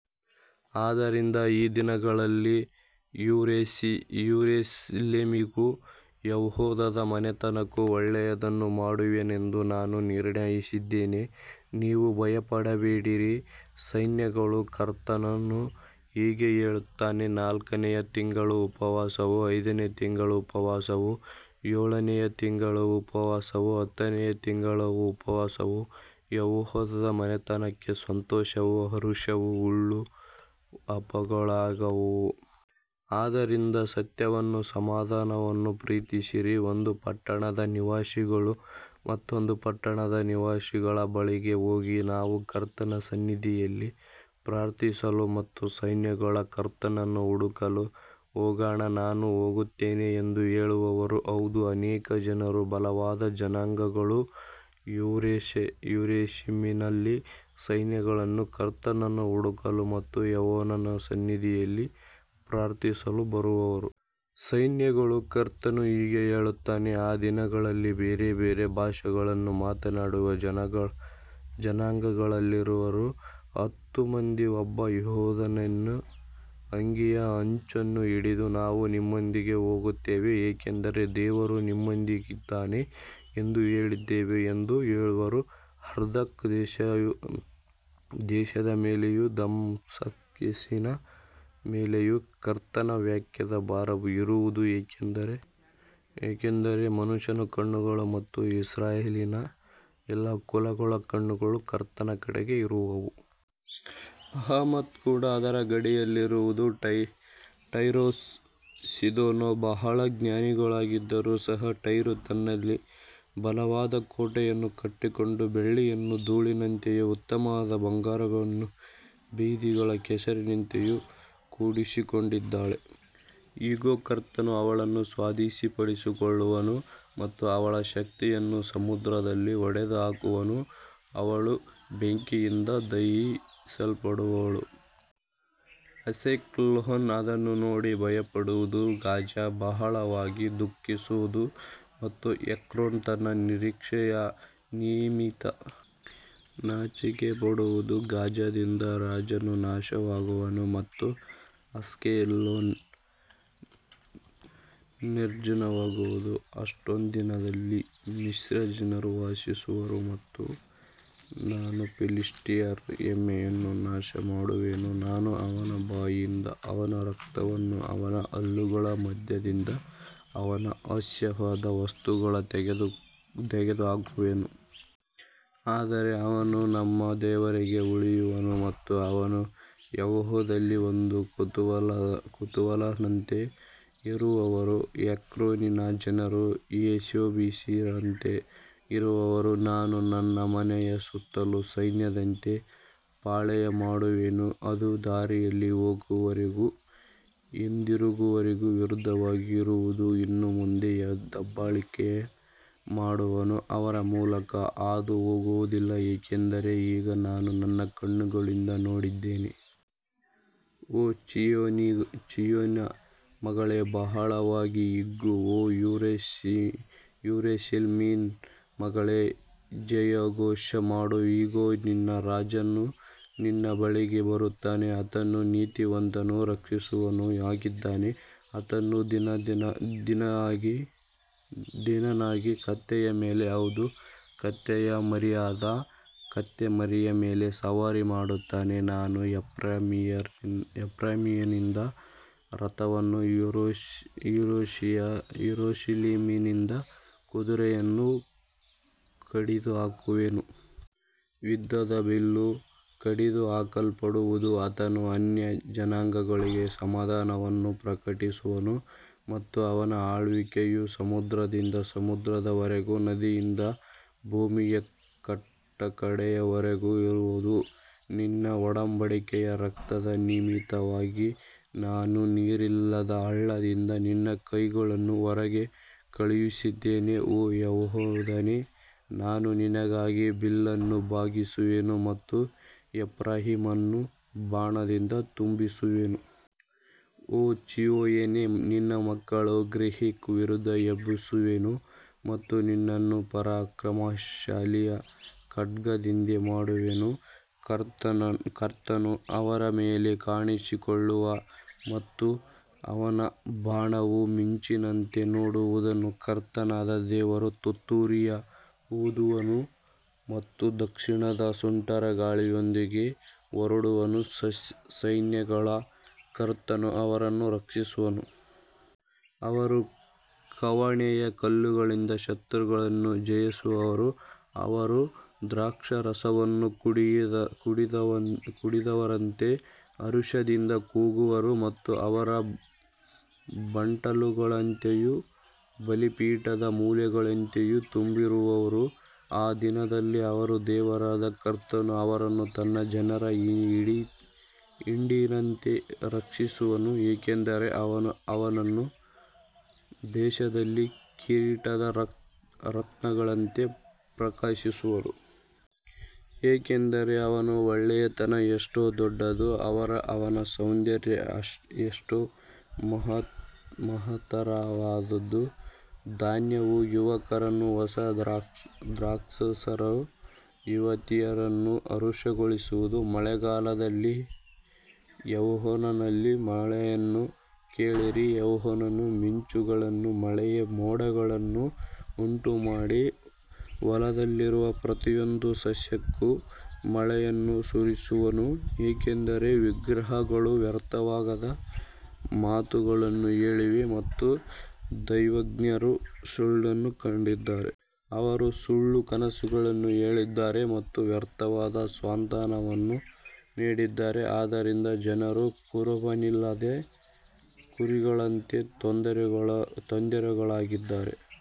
ಆದುದರಿಂದ ಈ ದಿನಗಳಲ್ಲಿ ಯೆರೂಸಲೇಮಿಗೂ ಯೆಹೂದದ ಮನೆತನಕ್ಕೂ ಒಳ್ಳೆಯದನ್ನು ಮಾಡುವೆನೆಂದು ನಾನು ನಿರ್ಣಯಿಸಿದ್ದೇನೆ. ನೀವು ಭಯಪಡಬೇಡಿರಿ. ಸೈನ್ಯಗಳ ಕರ್ತನು ಹೀಗೆ ಹೇಳುತ್ತಾನೆ, ನಾಲ್ಕನೆಯ ತಿಂಗಳ ಉಪವಾಸವೂ, ಐದನೆಯ ತಿಂಗಳ ಉಪವಾಸವೂ, ಏಳನೆಯ ತಿಂಗಳ ಉಪವಾಸವೂ, ಹತ್ತನೆಯ ತಿಂಗಳ ಉಪವಾಸವೂ ಯೆಹೂದದ ಮನೆತನಕ್ಕೆ ಸಂತೋಷವೂ ಹರ್ಷವೂ ಉಳ್ಳ ಹಬ್ಬಗಳಾಗುವವು. ಆದ್ದರಿಂದ ಸತ್ಯವನ್ನೂ ಸಮಾಧಾನವನ್ನೂ ಪ್ರೀತಿಸಿರಿ. ಒಂದು ಪಟ್ಟಣದ ನಿವಾಸಿಗಳು ಮತ್ತೊಂದು ಪಟ್ಟಣದ ನಿವಾಸಿಗಳ ಬಳಿಗೆ ಹೋಗಿ, ನಾವು ಕರ್ತನ ಸನ್ನಿಧಿಯಲ್ಲಿ ಪ್ರಾರ್ಥಿಸಲು ಮತ್ತು ಸೈನ್ಯಗಳ ಕರ್ತನನ್ನು ಹುಡುಕಲು ಹೋಗೋಣ, ನಾನೂ ಹೋಗುತ್ತೇನೆ ಎಂದು ಹೇಳುವರು. ಹೌದು, ಅನೇಕ ಜನರೂ ಬಲವಾದ ಜನಾಂಗಗಳೂ ಯೆರೂಸಲೇಮಿನಲ್ಲಿ ಸೈನ್ಯಗಳ ಕರ್ತನನ್ನು ಹುಡುಕಲು ಮತ್ತು ಯೆಹೋವನ ಸನ್ನಿಧಿಯಲ್ಲಿ ಪ್ರಾರ್ಥಿಸಲು ಬರುವರು. ಸೈನ್ಯಗಳ ಕರ್ತನು ಹೀಗೆ ಹೇಳುತ್ತಾನೆ, ಆ ದಿನಗಳಲ್ಲಿ ಬೇರೆ ಬೇರೆ ಭಾಷೆಗಳನ್ನು ಮಾತನಾಡುವ ಜನಾಂಗಗಳಲ್ಲಿರುವ ಹತ್ತು ಮಂದಿ ಒಬ್ಬ ಯೆಹೂದ್ಯನ ಅಂಗಿಯ ಅಂಚನ್ನು ಹಿಡಿದು, ನಾವು ನಿಮ್ಮೊಂದಿಗೆ ಹೋಗುತ್ತೇವೆ, ಏಕೆಂದರೆ ದೇವರು ನಿಮ್ಮೊಂದಿಗಿದ್ದಾನೆ ಎಂದು ಕೇಳಿದ್ದೇವೆ ಎಂದು ಹೇಳುವರು. ಹದ್ರಕ್ ದೇಶದ ಮೇಲೆಯೂ ದಮಸ್ಕಸ್ಸಿನ ಮೇಲೆಯೂ ಕರ್ತನ ವಾಕ್ಯದ ಭಾರವು ಇರುವುದು, ಏಕೆಂದರೆ ಮನುಷ್ಯರ ಕಣ್ಣುಗಳು ಮತ್ತು ಇಸ್ರಾಯೇಲಿನ ಎಲ್ಲಾ ಕುಲಗಳ ಕಣ್ಣುಗಳು ಕರ್ತನ ಕಡೆಗೆ ಇರುವವು. ಹಮಾತ್ ಕೂಡ ಅದರ ಗಡಿಯಲ್ಲಿರುವುದು. ಟೈರೂಸೂ ಸೀದೋನೂ ಬಹಳ ಜ್ಞಾನಿಗಳಾಗಿದ್ದರೂ ಸಹ, ಟೈರೂ ತನ್ನಲ್ಲಿ ಬಲವಾದ ಕೋಟೆಯನ್ನು ಕಟ್ಟಿಕೊಂಡು ಬೆಳ್ಳಿಯನ್ನು ಧೂಳಿನಂತೆಯೂ ಉತ್ತಮವಾದ ಬಂಗಾರವನ್ನು ಬೀದಿಗಳ ಕೆಸರಿನಂತೆಯೂ ಕೂಡಿಸಿಕೊಂಡಿದ್ದಾಳೆ. ಇಗೋ, ಕರ್ತನು ಅವಳನ್ನು ಸ್ವಾಧೀನಪಡಿಸಿಕೊಳ್ಳುವನು ಮತ್ತು ಅವಳ ಶಕ್ತಿಯನ್ನು ಸಮುದ್ರದಲ್ಲಿ ಹೊಡೆದುಹಾಕುವನು, ಅವಳು ಬೆಂಕಿಯಿಂದ ದಹಿಸಲ್ಪಡುವಳು. ಅಷ್ಕೆಲೋನ್ ಅದನ್ನು ನೋಡಿ ಭಯಪಡುವುದು, ಗಾಜಾ ಬಹಳವಾಗಿ ದುಃಖಿಸುವುದು ಮತ್ತು ಎಕ್ರೋನ್ ತನ್ನ ನಿರೀಕ್ಷೆಯ ನಿಮಿತ್ತ ನಾಚಿಕೆಪಡುವುದು. ಗಾಜಾದಿಂದ ರಾಜನು ನಾಶವಾಗುವನು ಮತ್ತು ಅಷ್ಕೆಲೋನ್ ನಿರ್ಜನವಾಗುವುದು. ಅಷ್ಡೋದಿನಲ್ಲಿ ಮಿಶ್ರಜನರು ವಾಸಿಸುವರು ಮತ್ತು ನಾನು ಫಿಲಿಷ್ಟಿಯರ ಹೆಮ್ಮೆಯನ್ನು ನಾಶಮಾಡುವೆನು. ನಾನು ಅವನ ಬಾಯಿಂದ ಅವನ ರಕ್ತವನ್ನೂ ಅವನ ಹಲ್ಲುಗಳ ಮಧ್ಯದಿಂದ ಅವನ ಅಸಹ್ಯವಾದ ವಸ್ತುಗಳನ್ನೂ ತೆಗೆದುಹಾಕುವೆನು. ಆದರೆ ಅವನು ನಮ್ಮ ದೇವರಿಗೆ ಉಳಿಯುವನು ಮತ್ತು ಅವನು ಯೆಹೂದದಲ್ಲಿ ಒಂದು ಕುಲದವನಂತೆ ಇರುವನು. ಎಕ್ರೋನಿನ ಜನರು ಯೆಬೂಸಿಯರಂತೆ ಇರುವವರು. ನಾನು ನನ್ನ ಮನೆಯ ಸುತ್ತಲೂ ಸೈನ್ಯದಂತೆ ಪಾಳೆಯ ಮಾಡುವೆನು, ಅದು ದಾರಿಯಲ್ಲಿ ಹೋಗುವವರಿಗೂ ಹಿಂದಿರುಗುವವರಿಗೂ ವಿರುದ್ಧವಾಗಿ ಇರುವುದು. ಇನ್ನು ಮುಂದೆ ದಬ್ಬಾಳಿಕೆ ಮಾಡುವವನು ಅವರ ಮೂಲಕ ಹಾದುಹೋಗುವುದಿಲ್ಲ, ಏಕೆಂದರೆ ಈಗ ನಾನು ನನ್ನ ಕಣ್ಣುಗಳಿಂದ ನೋಡಿದ್ದೇನೆ. ಓ ಚೀಯೋನಿನ ಮಗಳೇ, ಬಹಳವಾಗಿ ಹಿಗ್ಗು. ಓ ಯೆರೂಸಲೇಮಿನ ಮಗಳೇ, ಜಯಘೋಷ ಮಾಡು. ಇಗೋ, ನಿನ್ನ ರಾಜನು ನಿನ್ನ ಬಳಿಗೆ ಬರುತ್ತಾನೆ. ಆತನು ನೀತಿವಂತನೂ ರಕ್ಷಿಸುವವನೂ ಆಗಿದ್ದಾನೆ. ಆತನು ದೀನನಾಗಿ ಕತ್ತೆಯ ಮೇಲೆ, ಹೌದು, ಕತ್ತೆಯ ಮರಿಯಾದ ಕತ್ತೆಮರಿಯ ಮೇಲೆ ಸವಾರಿ ಮಾಡುತ್ತಾನೆ. ನಾನು ಎಫ್ರಾಯೀಮಿನಿಂದ ರಥವನ್ನೂ ಯೆರೂಸಲೇಮಿನಿಂದ ಕುದುರೆಯನ್ನೂ ಕಡಿದುಹಾಕುವೆನು. ಯುದ್ಧದ ಬಿಲ್ಲು ಕಡಿದುಹಾಕಲ್ಪಡುವುದು. ಆತನು ಅನ್ಯಜನಾಂಗಗಳಿಗೆ ಸಮಾಧಾನವನ್ನು ಪ್ರಕಟಿಸುವನು ಮತ್ತು ಅವನ ಆಳ್ವಿಕೆಯು ಸಮುದ್ರದಿಂದ ಸಮುದ್ರದವರೆಗೂ, ನದಿಯಿಂದ ಭೂಮಿಯ ಕಟ್ಟಕಡೆಯವರೆಗೂ ಇರುವದು. ನಿನ್ನ ಒಡಂಬಡಿಕೆಯ ರಕ್ತದ ನಿಮಿತ್ತವಾಗಿ ನಾನು ನೀರಿಲ್ಲದ ಹಳ್ಳದಿಂದ ನಿನ್ನ ಕೈದಿಗಳನ್ನು ಹೊರಗೆ ಕಳುಹಿಸಿದ್ದೇನೆ. ಓ ಯೆಹೂದನೇ, ನಾನು ನಿನಗಾಗಿ ಬಿಲ್ಲನ್ನು ಬಾಗಿಸುವೆನು ಮತ್ತು ಎಫ್ರಾಯೀಮನ್ನು ಬಾಣದಿಂದ ತುಂಬಿಸುವೆನು. ಓ ಚೀಯೋನೇ, ನಿನ್ನ ಮಕ್ಕಳನ್ನು ಗ್ರೀಕರ ವಿರುದ್ಧ ಎಬ್ಬಿಸುವೆನು ಮತ್ತು ನಿನ್ನನ್ನು ಪರಾಕ್ರಮಶಾಲಿಯ ಖಡ್ಗದಂತೆ ಮಾಡುವೆನು. ಕರ್ತನು ಅವರ ಮೇಲೆ ಕಾಣಿಸಿಕೊಳ್ಳುವನು ಮತ್ತು ಅವನ ಬಾಣವು ಮಿಂಚಿನಂತೆ ಹೊರಡುವುದು. ಕರ್ತನಾದ ದೇವರು ತುತ್ತೂರಿಯನ್ನು ಊದುವನು ಮತ್ತು ದಕ್ಷಿಣದ ಸುಂಟರಗಾಳಿಗಳೊಂದಿಗೆ ಹೊರಡುವನು. ಸೈನ್ಯಗಳ ಕರ್ತನು ಅವರನ್ನು ರಕ್ಷಿಸುವನು. ಅವರು ಕವಣೆಯ ಕಲ್ಲುಗಳಿಂದ ಶತ್ರುಗಳನ್ನು ಜಯಿಸುವರು. ಅವರು ದ್ರಾಕ್ಷಾರಸವನ್ನು ಕುಡಿದವರಂತೆ ಹರ್ಷದಿಂದ ಕೂಗುವರು ಮತ್ತು ಅವರು ಬಟ್ಟಲುಗಳಂತೆಯೂ ಬಲಿಪೀಠದ ಮೂಲೆಗಳಂತೆಯೂ ತುಂಬಿರುವರು. ಆ ದಿನದಲ್ಲಿ ಅವರ ದೇವರಾದ ಕರ್ತನು ಅವರನ್ನು ತನ್ನ ಜನರ ಹಿಂಡಿನಂತೆ ರಕ್ಷಿಸುವನು, ಏಕೆಂದರೆ ಅವರು ಅವನ ದೇಶದಲ್ಲಿ ಕಿರೀಟದ ರತ್ನಗಳಂತೆ ಪ್ರಕಾಶಿಸುವರು. ಯಾಕಂದರೆ ಅವನ ಒಳ್ಳೆಯತನ ಎಷ್ಟೋ ದೊಡ್ಡದು ಮತ್ತು ಅವನ ಸೌಂದರ್ಯ ಎಷ್ಟೋ ಮಹತ್ತರವಾದುದು. ಧಾನ್ಯವು ಯುವಕರನ್ನೂ ಹೊಸ ದ್ರಾಕ್ಷಾರಸವು ಯುವತಿಯರನ್ನೂ ಹರ್ಷಗೊಳಿಸುವುದು. ಮಳೆಗಾಲದಲ್ಲಿ ಯೆಹೋವನಲ್ಲಿ ಮಳೆಯನ್ನು ಕೇಳಿರಿ. ಯೆಹೋವನು ಮಿಂಚುಗಳನ್ನೂ ಮಳೆಯ ಮೋಡಗಳನ್ನೂ ಉಂಟುಮಾಡಿ ಹೊಲದಲ್ಲಿರುವ ಪ್ರತಿಯೊಂದು ಸಸ್ಯಕ್ಕೂ ಮಳೆಯನ್ನು ಸುರಿಸುವನು. ಯಾಕಂದರೆ ವಿಗ್ರಹಗಳು ವ್ಯರ್ಥವಾದ ಮಾತುಗಳನ್ನು ಹೇಳಿವೆ ಮತ್ತು ದೈವಜ್ಞರು ಸುಳ್ಳನ್ನು ಕಂಡಿದ್ದಾರೆ. ಅವರು ಸುಳ್ಳು ಕನಸುಗಳನ್ನು ಹೇಳಿದ್ದಾರೆ ಮತ್ತು ವ್ಯರ್ಥವಾದ ಸಾಂತ್ವನವನ್ನು ನೀಡಿದ್ದಾರೆ. ಆದ್ದರಿಂದ ಜನರು ಕುರುಬನಿಲ್ಲದ ಕುರಿಗಳಂತೆ ತೊಂದರೆಗೊಳಗಾಗಿದ್ದಾರೆ.